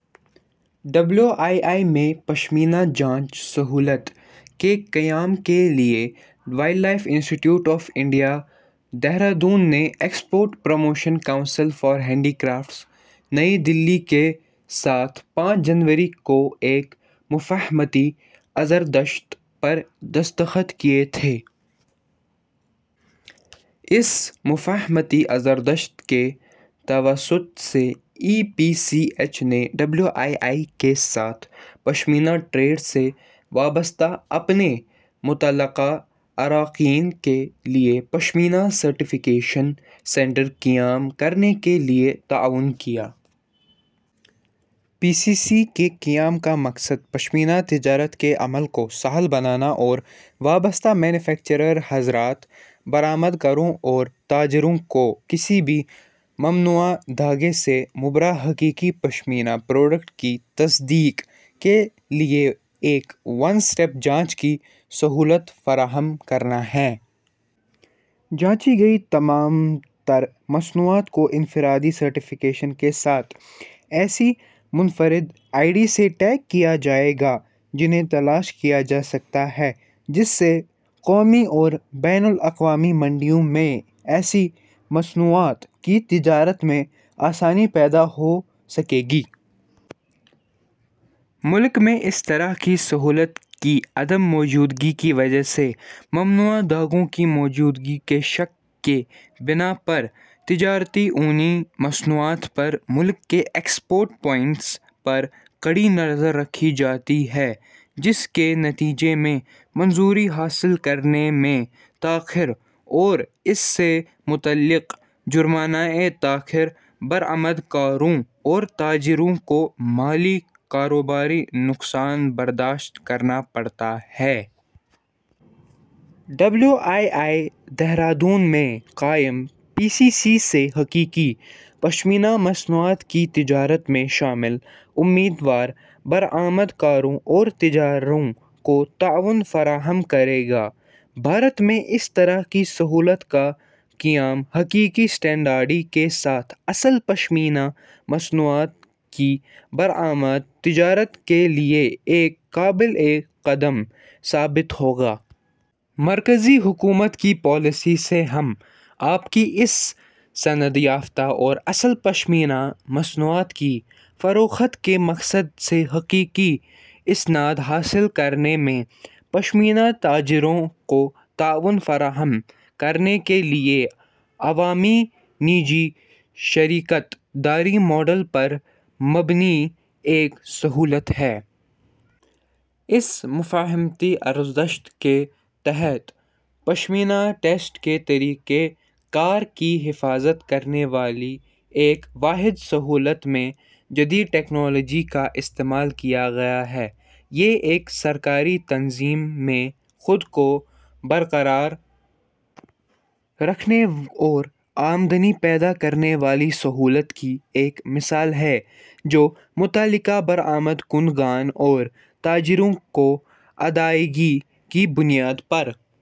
W I I میں 'پشمینہ جانچ سہولت' کے قیام کے لیے wildlife institute of India, Dehradun نے export promotion council for handicrafts, نئی دہلی کے ساتھ پانچ جنوری کو ایک 'مفاہمتی عرضداشت' پر دستخط کیے تھے۔ اس مفاہمتی عرضداشت کے توسط سے، ای پی سی ایچ نے ڈبلیو آئی آئی کے ساتھ پشمینہ ٹریڈ سے وابستہ اپنے متعلقہ اراکین کے لیے پشمینہ سرٹیفکیشن سینٹر قائم کرنے کے لیے تعاون کیا۔ پی سی سی کے قیام کا مقصد پشمینہ تجارت کے عمل کو سہل بنانا اور وابستہ مینوفیکچرر حضرات، برآمدکاروں، اور تاجروں کو کسی بھی ممنوعہ دھاگے سے مبرا حقیقی پشمینہ پروڈکٹ کی تصدیق کے لیے ایک وَن اسٹاپ جانچ کی سہولت فراہم کرنا ہے۔ چانچی گئیں تمام تر مصنوعات کو انفرادی ای۔ سرٹیفکیٹس کے ساتھ ایسی منفرد آئی ڈی سے ٹیگ کیا جائے گا جنہیں تلاش کیا جا سکتا ہے، جس سے قومی اور بین الاقوامی منڈیوں میں ایسی مصنوعات کی تجارت میں آسانی پیدا ہو سکے گی۔ ملک میں اس طرح کی سہولت کی عدم موجودگی کی وجہ سے، ممنوعہ دھاگوں کی موجودگی کے شک کی بنا پر تجارتی اونی مصنوعات پر ملک کے ایگزٹ پوائنٹس پر کڑی نظر رکھی جاتی ہے، جس کے نتیجے میں منظوری حاصل کرنے میں تاخیر اور اس سے متعلق حرجانہ تاخیر، اور برآمدکاروں اور تاجروں کو مالی/کاروباری نقصان برداشت کرنا پڑتا ہے۔ ڈبلیو آئی آئی، دہرادون میں قائم پی سی سی حقیقی پشمینہ مصنوعات کی تجارت میں شامل ایماندار برآمدکاروں اور تاجروں کو تعاون فراہم کرے گا۔ بھارت میں اس طرح کی سہولت کا قیام حقیقی اسنادبندی کے ساتھ اصل پشمینہ مصنوعات کی بلارکاوٹ تجارت کے لیے ایک کایہ پلٹ پہل قدمی ثابت ہوگا۔ مرکزی حکومت کی پالیسی سے ہم آہنگ، یہ سند یافتہ اور اصل پشمینہ مصنوعات کی فروخت کے مقصد سے حقیقی اسناد حاصل کرنے میں پشمینہ تاجروں کو تعاون فراہم کرنے کے لیے عوامی – نجی شراکت داری ماڈل پر مبنی ایک سہولت ہے۔ اس مفاہمتی عرضداشت کے تحت، پشمینہ ٹیسٹ کے طریقہ کار کی حمایت کرنے والی ایک واحد سہولت میں جدید تکنالوجیوں کا استعمال کیا گیا ہے۔ یہ ایک سرکاری تنظیم میں خود کو برقرار رکھنے اور آمدنی پیدا کرنے والی سہولت کی ایک مثال ہے جو متعلقہ برآمد کنندگان اور تاجروں کو ادائیگی کی بنیاد پر